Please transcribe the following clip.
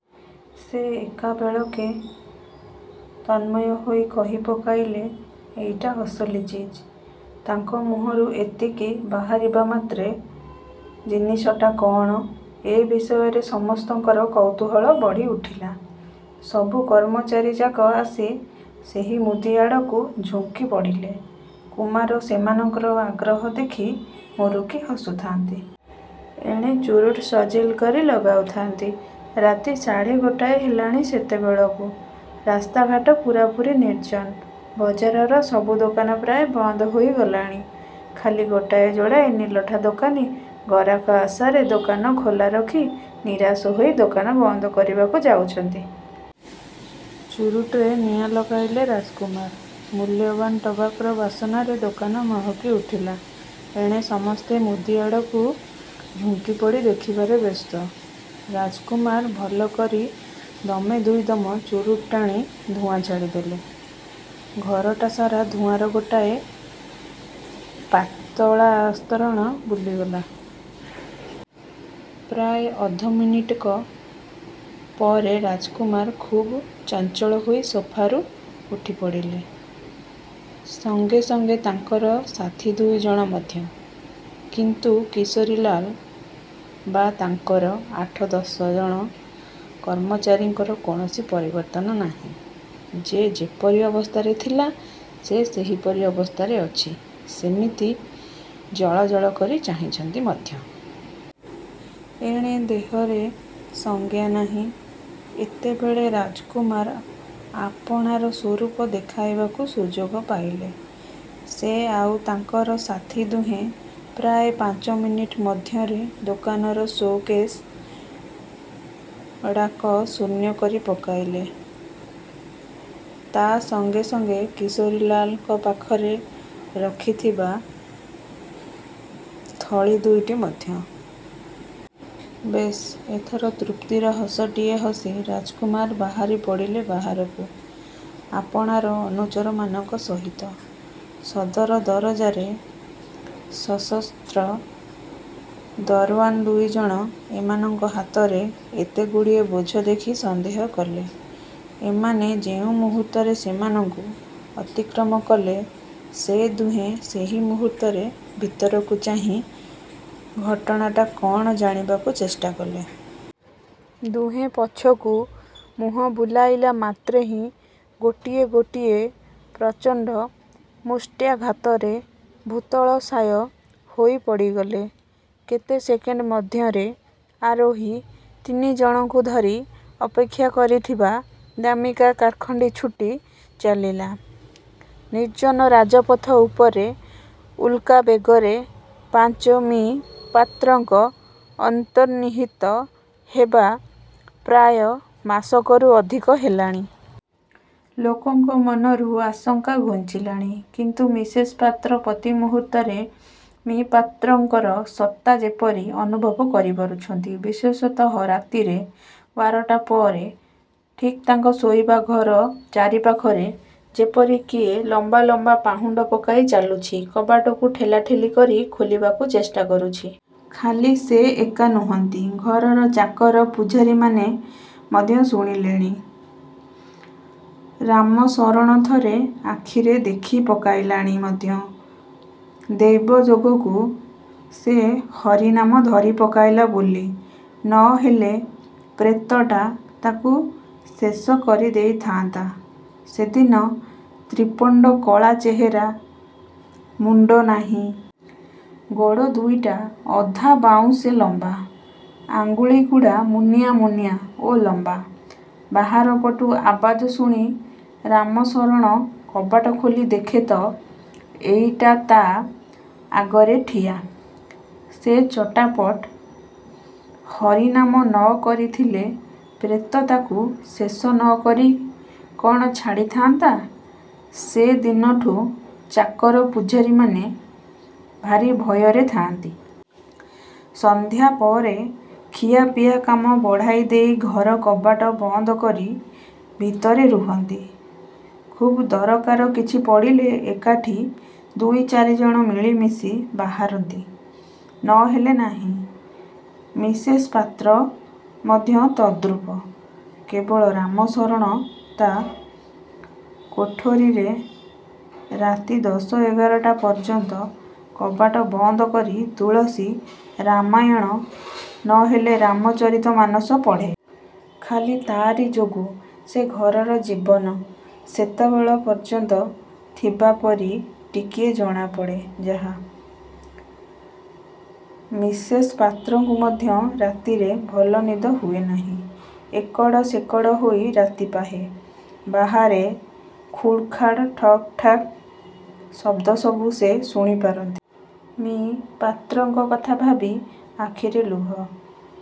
ସେ ଏକାବେଳକେ ତନ୍ମୟ ହୋଇ କହି ପକାଇଲେ-''ଏଇଟା ଅସଲି ଚିଜ। '' ତାଙ୍କ ମୁହଁରୁ ଏତିକି ବାହାରିବା ମାତ୍ରେ 'ଜିନିଷଟା କଅଣ' ଏ ବିଷୟରେ ନେଇ ସମସ୍ତଙ୍କର କୌତୁହଳ ବଢ଼ି ଉଠିଲା। ସବୁ କର୍ମଚାରୀଯାକ ଆସି ସେହି ମୁଦି ଆଡ଼କୁ ଝୁଙ୍କି ପଡ଼ିଲେ। କୁମାର ସେମାନଙ୍କର ଆଗ୍ରହ ଦେଖି ମୁରୁକି ହସୁଥାନ୍ତି। ଏଣେ ଚୁରୁଟ୍ ସଜିଲ କରି ଲଗାଉଥାନ୍ତି। ରାତି ସାଢ଼େ ଗୋଟାଏ ହେଲାଣି ସେତେବେଳକୁ। ରାସ୍ତାଘାଟ ପୂରାପୂରି ନିର୍ଜନ। ବଜାରର ସବୁ ଦୋକାନ ପ୍ରାୟ ବନ୍ଦ ହୋଇ ଗଲାଣି। ଖାଲି ଗୋଟାଏ ଯୋଡ଼ାଏ ନିଲଠା ଦୋକାନୀ ଗରାକ ଆଶାରେ ଦୋକାନ ଖୋଲାରଖି ନିରାଶ ହୋଇ ଦୋକାନ ବନ୍ଦ କରିବାକୁ ଯାଉଛନ୍ତି। ଚୁରୁଟ୍ରେ ନିଆଁ ଲଗାଇଲେ ରାଜକୁମାର। ମୂଲ୍ୟବାନ ଟବାକୋର ବାସନାରେ ଦୋକାନ ମହକି ଉଠିଲା। ଏଣେ ସମସ୍ତେ ମୁଦି ଆଡ଼କୁ ଝୁଙ୍କିପଡ଼ି ଦେଖିବାରେ ବ୍ୟସ୍ତ। ରାଜକୁମାର ଭଲକରି ଦମେ ଦୁଇଦମ ଚୁରୁଟ୍ ଟାଣି ଧୂଆଁ ଛାଡ଼ି ଦେଲେ। ଘରଟା ସାରା ଧୂଆଁର ଗୋଟାଏ ପାତଳା ଆସ୍ତରଣ ବୁଲିଗଲା। ପ୍ରାୟ ଅଧମିନିଟକ ପରେ ରାଜକୁମାର ଖୁବ୍ ଚଞ୍ଚଳହୋଇ ସୋଫାରୁ ଉଠିପଡ଼ିଲେ। ସଙ୍ଗେ ସଙ୍ଗେ ତାଙ୍କର ସାଥି ଦୁଇଜଣ ମଧ୍ୟ। କିନ୍ତୁ କିଶୋରୀଲାଲ ବା ତାଙ୍କର ଆଠ ଦଶଜଣ କର୍ମଚାରୀଙ୍କର କୌଣସି ପରିବର୍ତ୍ତନ ନାହିଁ। ଯେ ଯେପରି ଅବସ୍ଥାରେ ଥିଲା, ସେ ସେହିପରି ଅବସ୍ଥାରେ ଅଛି। ସେମିତି ଜଳଜଳ କରି ଚାହିଁଛନ୍ତି ମଧ୍ୟ। ଏଣେ ଦେହରେ ସଜ୍ଞାନାହିଁ। ଏତେବେଳେ ରାଜକୁମାର ଆପଣାର ସ୍ୱରୂପ ଦେଖାଇବାକୁ ସୁଯୋଗ ପାଇଲେ। ସେ ଆଉ ତାଙ୍କର ସାଥି ଦୁହେଁ ପ୍ରାୟ ପାଞ୍ଚ ମିନିଟ ମଧ୍ୟରେ ଦୋକାନର ସୋ କେଶ୍ଗୁଡ଼ାକ ଶୂନ୍ୟ କରି ପକାଇଲେ। ତା' ସଙ୍ଗେ ସଙ୍ଗେ କିଶୋରୀଲାଲଙ୍କ ପାଖରେ ରଖି ଥିବା ଥଳି ଦୁଇଟି ମଧ୍ୟ। ବେଶ୍! ଏଥର ତୃପ୍ତିର ହସଟିଏ ହସି ରାଜକୁମାର ବାହାରି ପଡ଼ିଲେ ବାହାରକୁ, ଆପଣାର ଅନୁଚରମାନଙ୍କ ସହିତ। ସଦର ଦରଜାରେ ସଶସ୍ତ୍ର ଦରଓ୍ୱାନ୍ ଦୁଇଜଣ ଏମାନଙ୍କ ହାତରେ ଏତେଗୁଡ଼ିଏ ବୋଝ ଦେଖି ସନ୍ଦେହ କଲେ। ଏମାନେ ଯେଉଁ ମୁହୂର୍ତ୍ତରେ ସେମାନଙ୍କୁ ଅତିକ୍ରମ କଲେ ସେ ଦୁହେଁ ସେଇ ମୁହୂର୍ତ୍ତରେ ଭିତରକୁ ଚାହିଁ ଘଟଣାଟା କ'ଣ ଜାଣିବାକୁ ଚେଷ୍ଟାକଲେ। ଦୁହେଁ ପଛକୁ ମୁହଁ ବୁଲାଇଲା ମାତ୍ରେହିଁ ଗୋଟିଏ ଗୋଟିଏ ପ୍ରଚଣ୍ଡ ମୁଷ୍ଟ୍ୟାଘାତରେ ଭୂତଳଶାୟ ହୋଇ ପଡ଼ିଗଲେ। କେତେ ସେକେଣ୍ଡ ମଧ୍ୟରେ ଆରୋହୀ ତିନିଜଣଙ୍କୁ ଧରି ଅପେକ୍ଷା କରିଥିବା ଦାମୀକା କାର୍ଖଣ୍ଡି ଛୁଟି ଚାଲିଲା ନିର୍ଜନ ରାଜପଥ ଉପରେ ଉଲ୍କା ବେଗରେ। -ପାଞ୍ଚ- ମି: ପାତ୍ରଙ୍କ ଅନ୍ତର୍ନିହିତ ହେବା ପ୍ରାୟ ମାସକରୁ ଅଧିକ ହେଲାଣି। ଲୋକଙ୍କ ମନରୁ ଆଶଙ୍କା ଘୁଞ୍ଚିଲାଣି। କିନ୍ତୁ ମିସେସ୍ ପାତ୍ର ପ୍ରତିମୁହୂର୍ତ୍ତରେ ମି: ପାତ୍ରଙ୍କର ସତ୍ତା ଯେପରି ଅନୁଭବ କରିପାରୁଛନ୍ତି। ବିଶେଷତଃ ରାତିରେ, ବାରଟା ପରେ। ଠିକ୍ ତାଙ୍କ ଶୋଇବା ଘର ଚାରିପାଖରେ ଯେପରି କିଏ ଲମ୍ବା ଲମ୍ବା ପାହୁଣ୍ଡ ପକାଇ ଚାଲୁଛି। କବାଟକୁ ଠେଲା ଠେଲି କରି ଖୋଲିବାକୁ ଚେଷ୍ଟା କରୁଛି। ଖାଲି ସେ ଏକା ନୁହନ୍ତି; ଘରର ଚାକର ପୁଝାରୀମାନେ ମଧ୍ୟ ଶୁଣିଲେଣି। ରାମଶରଣ ଥରେ ଆଖିରେ ଦେଖି ପକାଇଲାଣି ମଧ୍ୟ। ଦୈବଯୋଗକୁ ସେ ହରିନାମ ଧରି ପକାଇଲା ବୋଲି, ନ ହେଲେ ପ୍ରେତଟା ତାକୁ ଶେଷ କରି ଦେଇଥାନ୍ତା ସେଦିନ। ତ୍ରିପଣ୍ଡକଳା ଚେହେରା। ମୁଣ୍ଡ ନାହିଁ। ଗୋଡ଼ ଦୁଇଟା ଅଧବାଉଁଶେ ଲମ୍ବା। ଆଙ୍ଗୁଳିଗୁଡ଼ା ମୁନିଆଁ ମୁନିଆଁ ଓ ଲମ୍ବା। ବାହାରପଟୁ ଆବାଜ ଶୁଣି ରାମଶରଣ କବାଟ ଖୋଲି ଦେଖେ ତ, ଏଇଟା ତା' ଆଗରେ ଠିଆ! ସେ ଚଟାପଟ୍ ହରିନାମ ନ କରିଥିଲେ ପ୍ରେତ ତାକୁ ଶେଷ ନକରି କ'ଣ ଛାଡ଼ିଥାନ୍ତା? ସେ ଦିନଠୁଁ ଚାକର ପୁଝାରୀମାନେ ଭାରି ଭୟରେ ଥାଆନ୍ତି। ସନ୍ଧ୍ୟା ପରେ ଖିଆ ପିଆ କାମ ବଢ଼ାଇ ଦେଇ ଘର କବାଟ ବନ୍ଦକରି ଭିତରେ ରହନ୍ତି। ଖୁବ୍ ଦରକାର କିଛି ପଡ଼ିଲେ ଏକାଠି ଦୁଇ ଚାରିଜଣ ମିଳି ମିଶି ବାହାରନ୍ତି, ନହେଲେ ନାହିଁ। ମିସେସ୍ ପାତ୍ର ମଧ୍ୟ ତଦ୍ରୂପ। କେବଳ ରାମଶରଣ ତା' କୋଠରୀରେ ରାତି ଦଶ ଏଗାରଟା ପର୍ଯ୍ୟନ୍ତ କବାଟ ବନ୍ଦ କରି ତୁଳସୀ ରାମାୟଣ, ନହେଲେ ରାମଚରିତମାନସ ପଢ଼େ। ଖାଲି ତା'ରି ଯୋଗୁ ସେ ଘରର ଜୀବନ ସେତେବେଳ ପର୍ଯ୍ୟନ୍ତ ଥିବାପରି ଟିକିଏ ଜଣାପଡ଼େ ଯାହା। ମିସେସ୍ ପାତ୍ରଙ୍କୁ ମଧ୍ୟ ରାତିରେ ଭଲ ନିଦ ହୁଏ ନାହିଁ। ଏକଡ଼ ସେକଡ଼ ହୋଇ ରାତି ପାହେ। ବାହାରେ ଖୁଡ଼୍ ଖାଡ଼୍, ଠକ୍ ଠାକ୍ ଶବ୍ଦ ସବୁ ସେ ଶୁଣି ପାରନ୍ତି। ମି: ପାତ୍ରଙ୍କ କଥା ଭାବି ଆଖିରେ ଲୁହ।